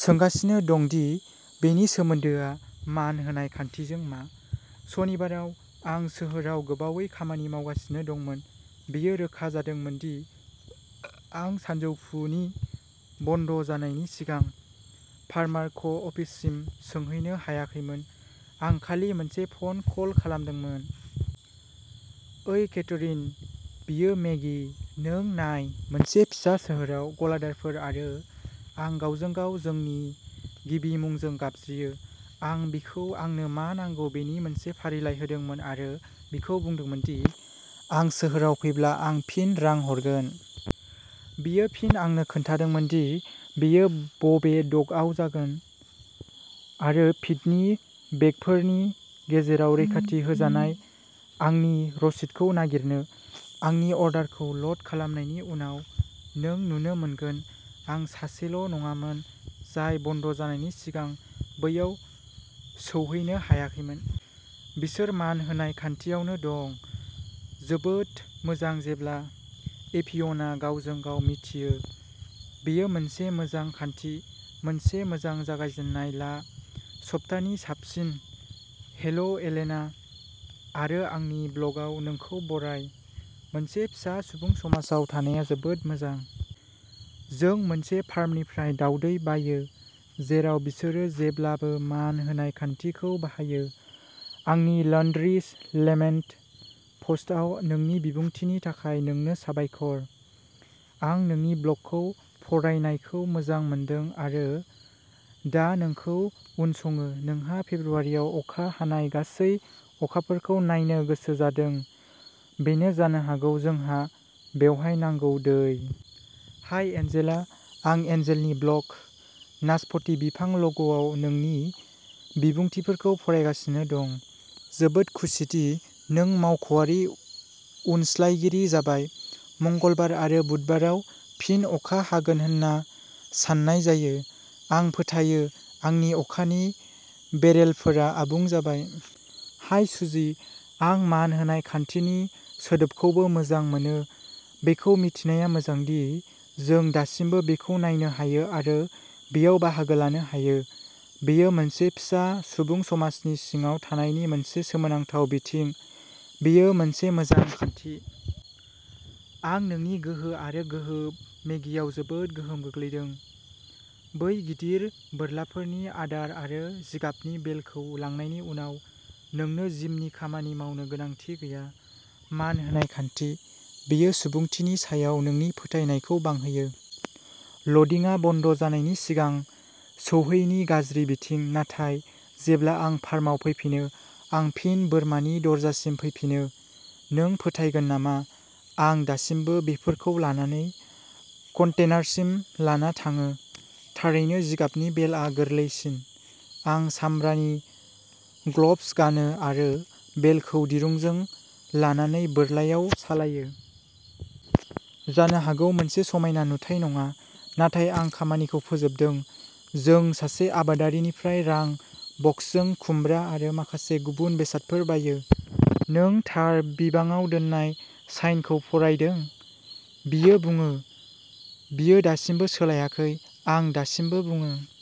सोंगासिनो दं दि बेनि सोमोन्दोआ मान होनाय खान्थिजों मा? सनिबाराव, आं सोहोराव गोबावै खामानि मावगासिनो दंमोन। बेयो रोखा जादोंमोन, दि आं सानजौफुनि बन्द जानायनि सिगां फार्मार क' अपसिम सौहैनो हायाखैमोन। आं खालि मोनसे फ'न कल खालामदोंमोन। "ओइ, केथरिन, बियो मेगी।" नों नाय, मोनसे फिसा सोहोराव, गलादारफोर आरो आं गावजों गाव जोंनि गिबि मुंजों गाबज्रियो। आं बिखौ आंनो मा नांगौ बेनि मोनसे फारिलाइ होदोंमोन आरो बिखौ बुंदोंमोन दि आं सोहोराव फैब्ला आं फिन रां हरगोन। बियो फिन आंनो खोन्थादोंमोन दि बेयो बबे डकआव जागोन आरो फिडनि बेगफोरनि गेजेराव रैखाथि होजानाय आंनि रसिदखौ नागिरनो। आंनि अर्डारखौ ल'ड खालामनायनि उनाव नों नुनो मोनगोन आं सासेल'नङामोन जाय बन्द जानायनि सिगां बैयाव सौहैनो हायाखैमोन। बिसोर मान होनाय खान्थियावनो दं। जोबोद मोजां जेब्ला एभिय'नआ गावजों-गाव मिथियो। बेयो मोनसे मोजां खान्थि। मोनसे मोजां जागायजेन्नाय ला। सप्ताहनि साबसिन हेलौ एलना आरो आंनि ब्लगआव नोंखौ बराय। मोनसे फिसा सुबुं समाजाव थानाया जोबोद मोजां। जों मोनसे फार्मनिफ्राय दावदै बायो जेराव बिसोरो जेब्लाबो मान होनाय खान्थिखौ बाहायो। आंनि लान्ड्री लेमेन्ट पस्टआव नोंनि बिबुंथिनि थाखाय नोंनो साबायखर। आं नोंनि ब्लगखौ फरायनायखौ मोजां मोनदों आरो दा नोंखौ उनसङो नोंहा फेब्रुवारियाव अखा हानाय गासै अखाफोरखौ नायनो गोसो जादों बेनो जानो हागौ जोंहा बेवहाय नांगौ दै। हाय एन्जेला आं एलेननि ब्लग नासपति बिफां लगआव नोंनि बिबुंथिफोरखौ फरायगासिनो दं। जोबोद खुसिदि नों मावख'आरि उनस्लायगिरि जाबाय। मंगलबार आरो बुधबाराव फिन अखा हागोन होनना सान्नाय जायो। आं फोथायो आंनि अखानि बेरेलफोरा आबुं जाबाय। हाय सुजि आं "मान होनाय खान्थि" नि सोदोबखौबो मोजां मोनो। बेखौ मिथिनाया मोजां दि जों दासिमबो बेखौ नायनो हायो आरो बेयाव बाहागो लानो हायो। बेयो मोनसे'फिसा'सुबुं समाजनि सिङाव थानायनि मोनसे सोमोनांथाव बिथिं बेयो मोनसे मोजां खान्थि। आं नोंनि गोहो आरो गोहो मेगियाव जोबोद गोहोम खोख्लैदों। बै गिदिर बोरलाफोरनि आदार आरो जिगाबनि बेलखौ लांनायनि उनाव नोंनो जिमनि खामानि मावनो गोनांथि गैया मान होनाय खान्थि बेयो सुबुंथिनि सायाव नोंनि फोथायनायखौ बांहोयो। ल'डिंआ बन्द जानायनि सिगां सौहैैनि गाज्रि बिथिं। नाथाय, जेब्ला आं फार्माव फैफिनो, आं फिन बोरमानि दरजासिम फैफिनो। नों फोथायगोन नामा आं दासिमबो बेफोरखौ लानानै कन्टेनारसिम लाना थाङो। थारैनो, जिगाबनि बेलआ गोरलैसिन। आं सामब्रानि ग्लब्स गानो, आरो बेलखौ दिरुंजों लानानै बोरलायाव सालायो। जानो हागौ मोनसे समायना नुथाय नङा, नाथाय आं खामानिखौ फोजोबदों। जों सासे आबादारिनिफ्राय रां बक्सजों खुमब्रा आरो माखासे गुबुन बेसादफोर बायो। नों थार बिबाङाव दोननाय साइनखौ फरायदों। बियो बुङो बियो दासिमबो सोलायाखै आं दासिमबो बुङो।